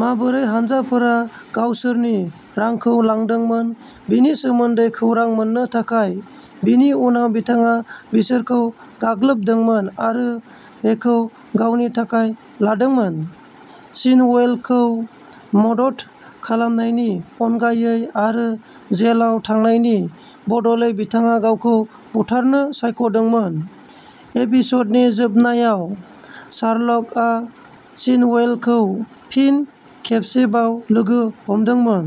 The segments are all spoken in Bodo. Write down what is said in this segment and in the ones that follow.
माबोरै हान्जाफोरा गावसोरनि रांखौ लांदोंमोन बेनि सोमोन्दै खौरां मोन्नो थाखाय। बेनि उनाव बिथाङा बिसोरखौ गाग्लोबदोंमोन आरो बेखौ गावनि थाखाय लादोंमोन। शिनवेलखौ मदद खालामनायनि अनगायै आरो जेलाव थांनायनि बदलै बिथाङा गावखौ बुथारनो सायख'दोंमोन। एपिस'डनि जोबनायाव, शार्लकआ शिनवेलखौ फिन खेबसेबाव लोगो हमदोंमोन।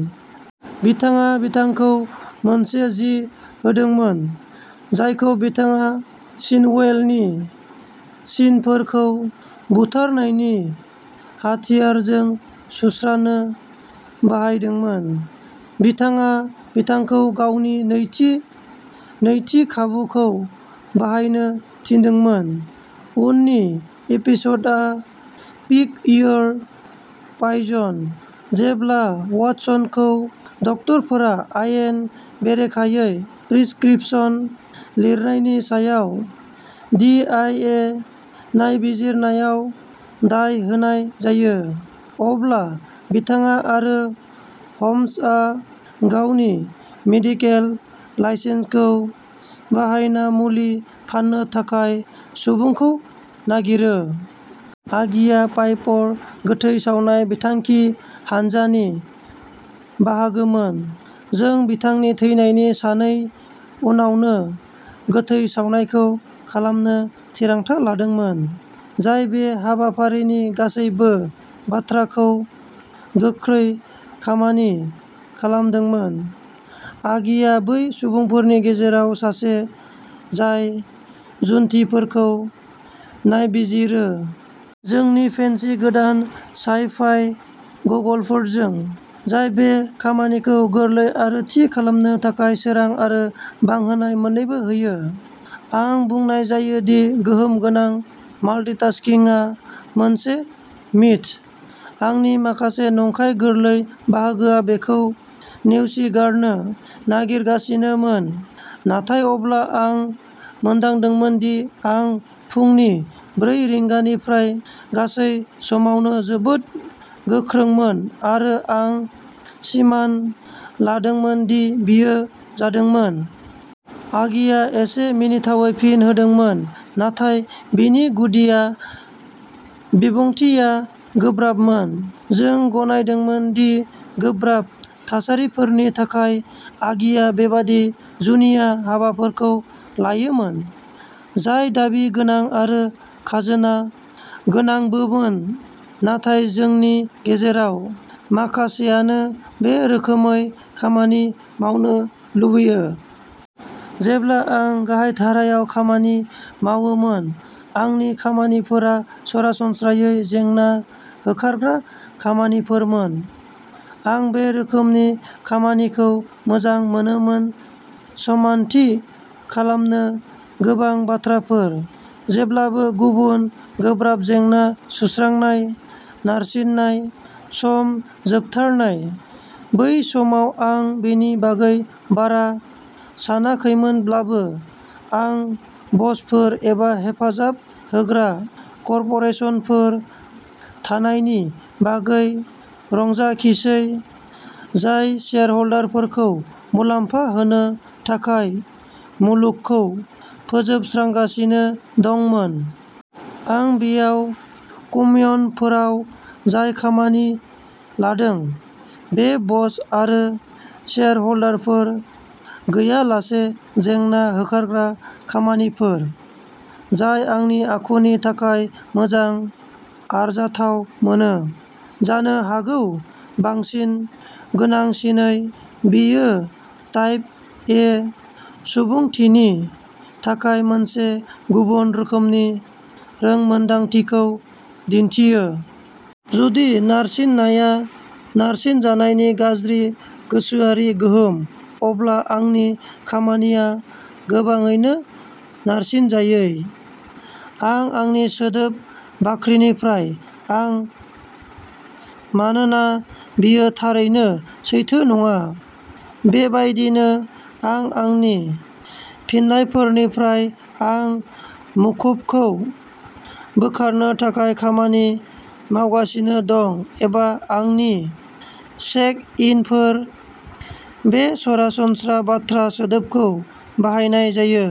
बिथाङा बिथांखौ मोनसे जि होदोंमोन जायखौ बिथाङा शिनवेलनि सिनफोरखौ बुथारनायनि हाथियारजों सुस्रानो बाहायदोंमोन। बिथाङा बिथांखौ गावनि नैथि, नैथि खाबुखौ बाहायनो थिनदोंमोन। उननि एपिस'डा पिक योर पायजन। जेब्ला वाटसनखौ डक्टरफोरा आयेन बेरेखायै प्रिस्क्रिप्शन लिरनायनि सायाव डी आई ए नायबिजिरनायाव दाय होनाय जायो, अब्ला बिथाङा आरो ह'म्सआ गावनि मेडिकेल लाइसेन्सखौ बाहायना मुलि फाननो थाखाय सुबुंखौ नागिरो। आगिआ पाइपर गोथै सावनाय बिथांखि हान्जानि बाहागोमोन। जों बिथांनि थैनायनि सानै उनावनो गोथै सावनायखौ खालामनो थिरांथा लादोंमोन, जाय बे हाबाफारिनि गासैबो बाथ्राखौ गोख्रै खामानि खालामदोंमोन। आगिआ बै सुबुंफोरनि गेजेराव सासे जाय जुन्थिफोरखौ नायबिजिरो। जोंनि फेन्सी गोदान साइ-फाइ गगलफोरजों, जाय बे खामानिखौ गोरलै आरो थि खालामनो थाखाय सोरां आरो बांहोनाय मोन्नैबो होयो। आं बुंनाय जायो दि गोहोम गोनां माल्टिटास्किंआ मोनसे मिथस। आंनि माखासे नंखाय गोरलै बाहागोआ बेखौ नेवसिगारनो नागिरगासिनोमोन, नाथाय अब्ला आं मोनदांदोंमोन दि आं फुंनि ब्रै रिंगानिफ्राय गासै समावनो जोबोद गोख्रोंमोन आरो आं सिमान लादोंमोन दि बेयो जादोंमोन। आगिआ एसे मिनिथावै फिन होदोंमोन, नाथाय बेनि गुदियाव बिबुंथिआ गोब्राबमोन। जों गनायदोंमोन दि गोब्राब थासारिफोरनि थाखाय, आगिया बेबादि जुनिया हाबाफोरखौ लायोमोन, जाय दाबि गोनां आरो खाजोना गोनांबोमोन। नाथाय जोंनि गेजेराव माखासेआनो बे रोखोमै खामानि मावनो लुबैयो। जेब्ला आं गाहायधारायाव खामानि मावोमोन, आंनि खामानिफोरा सरासनस्रायै जेंना होखारग्रा खामानिफोरमोन। आं बे रोखोमनि खामानिखौ मोजां मोनोमोन समानथि खालामनो गोबां बाथ्राफोर, जेब्लाबो गुबुन, गोब्राब जेंना सुस्रांनाय, नारसिननाय। सम जोबथारनाय। बै समाव आं बेनि बागै बारा सानाखैमोनब्लाबो, आं ब'सफोर एबा हेफाजाब होग्रा कर्प'रेसनफोर थानायनि बागै रंजाखिसै, जाय शेयारह'लारफोरखौ मुलाम्फा होनो थाखाय मुलुगखौ फोजोबस्रांगासिनो दंमोन। आं बेयाव कम्युनफोराव जाय खामानि लादों बेयो ब'स आरो शेयारह'लारफोर गैयालासे जेंना होखारग्रा खामानिफोर, जाय आंनि आखुनि थाखाय मोजां आरजाथाव मोनो। जानो हागौ बांसिन गोनांसिनै, बेयो टाइप ए सुबुंथिनि थाखाय मोनसे गुबुन रोखोमनि रोंमोनदांथिखौ दिन्थियो। जुदि नारसिननाया नारसिनजानायनि गाज्रि गोसोआरि गोहोम, अब्ला आंनि खामानिया गोबाङैनो नारसिनजायै। आं आंनि सोदोब बाख्रिनिफ्राय आं मानोना बेयो थारैनो सैथो नङा। बेबायदिनो, आं आंनि फिन्नायफोरनिफ्राय आं मुखुबखौ बोखारनो थाखाय खामानि मावगासिनो दं एबा आंनि चेक-इनफोर। बे सरासनस्रा बाथ्रा सोदोबखौ बाहायनाय जायो।